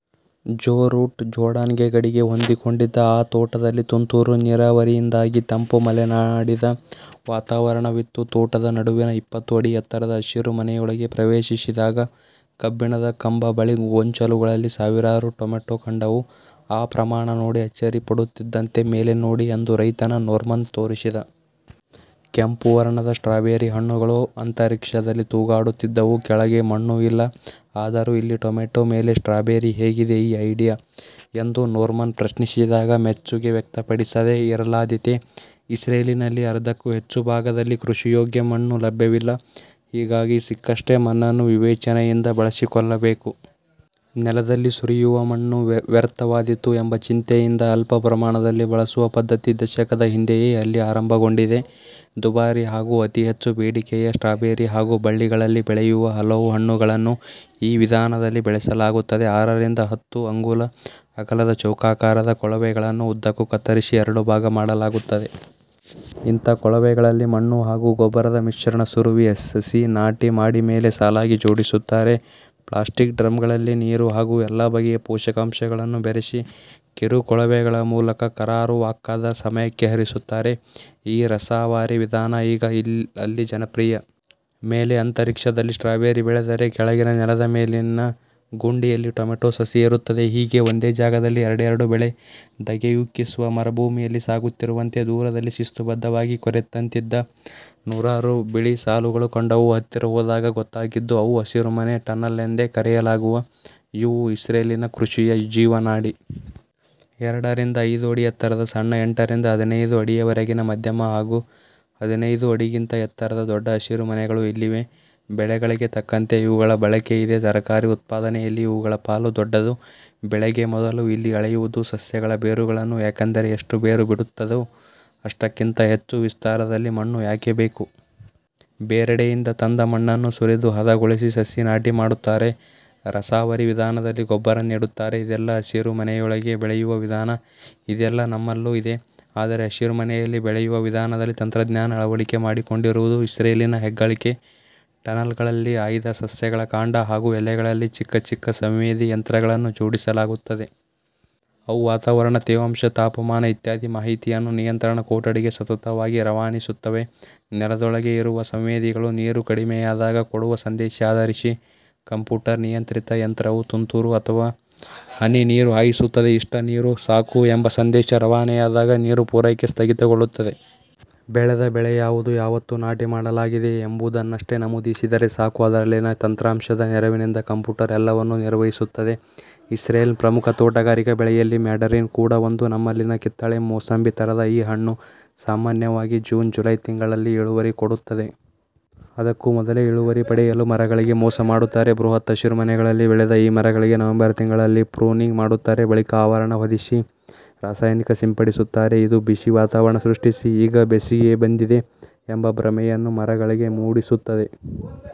ಜೋ Root Jordan ಗಡಿಗೆ ಹೊಂದಿಕೊಂಡಿದ್ದ ಆ ತೋಟದಲ್ಲಿ ತುಂತುರು ನೀರಾವರಿಯಿಂದಾಗಿ ತಂಪು ಮಲೆನಾಡಿದ ವಾತಾವರಣವಿತ್ತು. ತೋಟದ ನಡುವಿನ ಇಪ್ಪತ್ತು ಅಡಿ ಎತ್ತರದ ಹಸಿರು ಮನೆಯೊಳಗೆ ಪ್ರವೇಶಿಸಿದಾಗ ಕಬ್ಬಿಣದ ಕಂಬ, ಬಳ್ಳಿ, ಗೊಂಚಲುಗಳಲ್ಲಿ ಸಾವಿರಾರು ಟೊಮೆಟೊ ಕಂಡವು. ಆ ಪ್ರಮಾಣ ನೋಡಿ ಅಚ್ಚರಿ ಪಡುತ್ತಿದ್ದಂತೆ ಮೇಲೆ ನೋಡಿ ಎಂದು ರೈತ ನೋರ್ಮನ್ ತೋರಿಸಿದ. ಕೆಂಪು ವರ್ಣದ ಸ್ಟ್ರಾಬೆರಿ ಹಣ್ಣುಗಳು ಅಂತರಿಕ್ಷದಲ್ಲಿ ತೂಗಾಡುತ್ತಿದ್ದವು. ಕೆಳಗೆ ಮಣ್ಣು ಇಲ್ಲ. ಆದರೂ ಇಲ್ಲಿ ಟೊಮೆಟೊ, ಮೇಲೆ ಸ್ಟ್ರಾಬೆರಿ. ಹೇಗಿದೆ ಈ ಐಡಿಯಾ? ಎಂದು ನೋರ್ಮನ್ ಪ್ರಶ್ನಿಸಿದಾಗ, ಮೆಚ್ಚುಗೆ ವ್ಯಕ್ತಪಡಿಸದೇ ಇರಲಾದೀತೆ? ಇಸ್ರೇಲಿನಲ್ಲಿ ಅರ್ಧಕ್ಕೂ ಹೆಚ್ಚು ಭಾಗದಲ್ಲಿ ಕೃಷಿಯೋಗ್ಯ ಮಣ್ಣು ಲಭ್ಯವಿಲ್ಲ. ಹೀಗಾಗಿ ಸಿಕ್ಕಷ್ಟೇ ಮಣ್ಣನ್ನು ವಿವೇಚನೆಯಿಂದ ಬಳಸಿಕೊಳ್ಳಬೇಕು. ನೆಲದಲ್ಲಿ ಸುರಿಯುವ ಮಣ್ಣು ವ್ಯರ್ಥವಾದೀತು ಎಂಬ ಚಿಂತೆಯಿಂದ ಅಲ್ಪ ಪ್ರಮಾಣದಲ್ಲಿ ಬಳಸುವ ಪದ್ಧತಿ ದಶಕದ ಹಿಂದೆಯೇ ಅಲ್ಲಿ ಆರಂಭಗೊಂಡಿದೆ. ದುಬಾರಿ ಹಾಗೂ ಅತಿ ಹೆಚ್ಚು ಬೇಡಿಕೆಯ ಸ್ಟ್ರಾಬೆರಿ ಹಾಗೂ ಬಳ್ಳಿಗಳಲ್ಲಿ ಬೆಳೆಯುವ ಹಲವು ಹಣ್ಣುಗಳನ್ನು ಈ ವಿಧಾನದಲ್ಲಿ ಬೆಳೆಸಲಾಗುತ್ತದೆ. ಆರರಿಂದ ಹತ್ತು ಅಂಗುಲ ಅಗಲದ ಚೌಕಾಕಾರದ ಕೊಳವೆಗಳನ್ನು ಉದ್ದಕ್ಕೂ ಕತ್ತರಿಸಿ, ಎರಡು ಭಾಗ ಮಾಡಲಾಗುತ್ತದೆ. ಇಂಥ ಕೊಳವೆಗಳಲ್ಲಿ ಮಣ್ಣು ಹಾಗೂ ಗೊಬ್ಬರದ ಮಿಶ್ರಣ ಸುರುವಿ, ಸಸಿ ನಾಟಿ ಮಾಡಿ ಮೇಲೆ ಸಾಲಾಗಿ ಜೋಡಿಸುತ್ತಾರೆ. ಪ್ಲಾಸ್ಟಿಕ್ ಡ್ರಮ್ಗಳಲ್ಲಿ ನೀರು ಹಾಗೂ ಎಲ್ಲ ಬಗೆಯ ಪೋಷಕಾಂಶಗಳನ್ನು ಬೆರೆಸಿ, ಕಿರು ಕೊಳವೆಗಳ ಮೂಲಕ ಕರಾರುವಾಕ್ಕಾದ ಸಮಯಕ್ಕೆ ಹರಿಸುತ್ತಾರೆ. ಈ ರಸಾವರಿ ವಿಧಾನ ಈಗ ಅಲ್ಲಿ ಜನಪ್ರಿಯ. ಮೇಲೆ ಅಂತರಿಕ್ಷದಲ್ಲಿ ಸ್ಟ್ರಾಬೆರಿ ಬೆಳೆದರೆ, ಕೆಳಗಿನ ನೆಲದ ಮೇಲಿನ ಗುಂಡಿಯಲ್ಲಿ ಟೊಮೆಟೊ ಸಸಿ ಇರುತ್ತದೆ. ಹೀಗೆ ಒಂದೇ ಜಾಗದಲ್ಲಿ ಎರಡೆರಡು ಬೆಳೆ. ಧಗೆಯುಕ್ಕಿಸುವ ಮರುಭೂಮಿಯಲ್ಲಿ ಸಾಗುತ್ತಿರುವಂತೆ ದೂರದಲ್ಲಿ ಶಿಸ್ತುಬದ್ಧವಾಗಿ ಕೊರೆದಂತಿದ್ದ ನೂರಾರು ಬಿಳಿ ಸಾಲುಗಳು ಕಂಡವು. ಹತ್ತಿರ ಹೋದಾಗ ಗೊತ್ತಾಗಿದ್ದು ಅವು ಹಸಿರುಮನೆ. ಟನಲ್ ಎಂದೇ ಕರೆಯಲಾಗುವ ಇವು ಇಸ್ರೇಲಿನ ಕೃಷಿಯ ಜೀವನಾಡಿ. ಎರಡರಿಂದ ಐದು ಅಡಿ ಎತ್ತರದ ಸಣ್ಣ, ಎಂಟರಿಂದ ಹದಿನೈದು ಅಡಿವರೆಗಿನ ಮಧ್ಯಮ ಹಾಗೂ ಹದಿನೈದು ಅಡಿಗಿಂತ ಎತ್ತರದ ದೊಡ್ಡ ಹಸಿರುಮನೆಗಳು ಇಲ್ಲಿವೆ. ಬೆಳೆಗಳಿಗೆ ತಕ್ಕಂತೆ ಇವುಗಳ ಬಳಕೆಯಿದೆ. ತರಕಾರಿ ಉತ್ಪಾದನೆಯಲ್ಲಿ ಇವುಗಳ ಪಾಲು ದೊಡ್ಡದು. ಬೆಳೆಗೆ ಮೊದಲು ಇಲ್ಲಿ ಅಳೆಯುವುದು ಸಸ್ಯಗಳ ಬೇರುಗಳನ್ನು. ಯಾಕೆಂದರೆ ಎಷ್ಟು ಬೇರು ಬಿಡುತ್ತದೋ ಅಷ್ಟಕ್ಕಿಂತ ಹೆಚ್ಚು ವಿಸ್ತಾರದಲ್ಲಿ ಮಣ್ಣು ಯಾಕೆ ಬೇಕು? ಬೇರೆಡೆಯಿಂದ ತಂದ ಮಣ್ಣನ್ನು ಸುರಿದು ಹದಗೊಳಿಸಿ, ಸಸಿ ನಾಟಿ ಮಾಡುತ್ತಾರೆ. ರಸಾವರಿ ವಿಧಾನದಲ್ಲಿ ಗೊಬ್ಬರ ನೀಡುತ್ತಾರೆ. ಇದೆಲ್ಲ ಹಸಿರುಮನೆಯೊಳಗೆ ಬೆಳೆಯುವ ವಿಧಾನ. ಇದೆಲ್ಲ ನಮ್ಮಲ್ಲೂ ಇದೆ. ಆದರೆ ಹಸಿರುಮನೆಯಲ್ಲಿ ಬೆಳೆಯುವ ವಿಧಾನದಲ್ಲಿ ತಂತ್ರಜ್ಞಾನ ಅಳವಡಿಕೆ ಮಾಡಿಕೊಂಡಿರುವುದು ಇಸ್ರೇಲಿನ ಹೆಗ್ಗಳಿಕೆ. ಟನಲ್ಗಳಲ್ಲಿ ಆಯ್ದ ಸಸ್ಯಗಳ ಕಾಂಡ ಹಾಗೂ ಎಲೆಗಳಿಗೆ ಚಿಕ್ಕ ಚಿಕ್ಕ ಸಂವೇದಿ ಯಂತ್ರಗಳನ್ನು ಜೋಡಿಸಲಾಗುತ್ತದೆ. ಅವು ವಾತಾವರಣ, ತೇವಾಂಶ, ತಾಪಮಾನ ಇತ್ಯಾದಿ ಮಾಹಿತಿಯನ್ನು ನಿಯಂತ್ರಣ ಕೊಠಡಿಗೆ ಸತತವಾಗಿ ರವಾನಿಸುತ್ತವೆ. ನೆಲದೊಳಗೇ ಇರುವ ಸಂವೇದಿಗಳು ನೀರು ಕಡಿಮೆಯಾದಾಗ ಕೊಡುವ ಸಂದೇಶ ಆಧರಿಸಿ ಕಂಪ್ಯೂಟರ್ ನಿಯಂತ್ರಿತ ಯಂತ್ರವು ತುಂತುರು ಅಥವಾ ಹನಿ ನೀರು ಹಾಯಿಸುತ್ತದೆ. ಇಷ್ಟು ನೀರು ಸಾಕು ಎಂಬ ಸಂದೇಶ ರವಾನೆಯಾದಾಗ ನೀರು ಪೂರೈಕೆ ಸ್ಥಗಿತಗೊಳ್ಳುತ್ತದೆ. ಬೆಳೆದ ಬೆಳೆ ಯಾವುದು? ಯಾವತ್ತು ನಾಟಿ ಮಾಡಲಾಗಿದೆ ಎಂಬುದನ್ನಷ್ಟೇ ನಮೂದಿಸಿದರೆ ಸಾಕು, ಅದರಲ್ಲಿನ ತಂತ್ರಾಂಶದ ನೆರವಿನಿಂದ ಕಂಪ್ಯೂಟರ್ ಎಲ್ಲವನ್ನು ನಿರ್ವಹಿಸುತ್ತದೆ. ಇಸ್ರೇಲ್ನ ಪ್ರಮುಖ ತೋಟಗಾರಿಕೆ ಬೆಳೆಯಲ್ಲಿ ಮ್ಯಾಂಡರಿನ್ ಕೂಡ ಒಂದು. ನಮ್ಮಲ್ಲಿನ ಕಿತ್ತಳೆ, ಮೂಸಂಬಿ ಥರದ ಈ ಹಣ್ಣು ಸಾಮಾನ್ಯವಾಗಿ ಜೂನ್ ಜುಲೈ ತಿಂಗಳಲ್ಲಿ ಇಳುವರಿ ಕೊಡುತ್ತದೆ. ಅದಕ್ಕೂ ಮೊದಲೇ ಇಳುವರಿ ಪಡೆಯಲು ಮರಗಳಿಗೇ ಮೋಸ ಮಾಡುತ್ತಾರೆ. ಬೃಹತ್ ಹಸಿರುಮನೆಗಳಲ್ಲಿ ಬೆಳೆದ ಈ ಮರಗಳಿಗೆ ನವೆಂಬರ್ ತಿಂಗಳಲ್ಲಿ ಪ್ರೂನಿಂಗ್ ಮಾಡುತ್ತಾರೆ. ಬಳಿಕ ಆವರಣ ಹೊದೆಸಿ, ರಾಸಾಯನಿಕ ಸಿಂಪಡಿಸುತ್ತಾರೆ. ಇದು ಬಿಸಿ ವಾತಾವರಣ ಸೃಷ್ಟಿಸಿ ಈಗ ಬೇಸಿಗೆ ಬಂದಿದೆ ಎಂಬ ಭ್ರಮೆಯನ್ನು ಮರಗಳಿಗೆ ಮೂಡಿಸುತ್ತದೆ.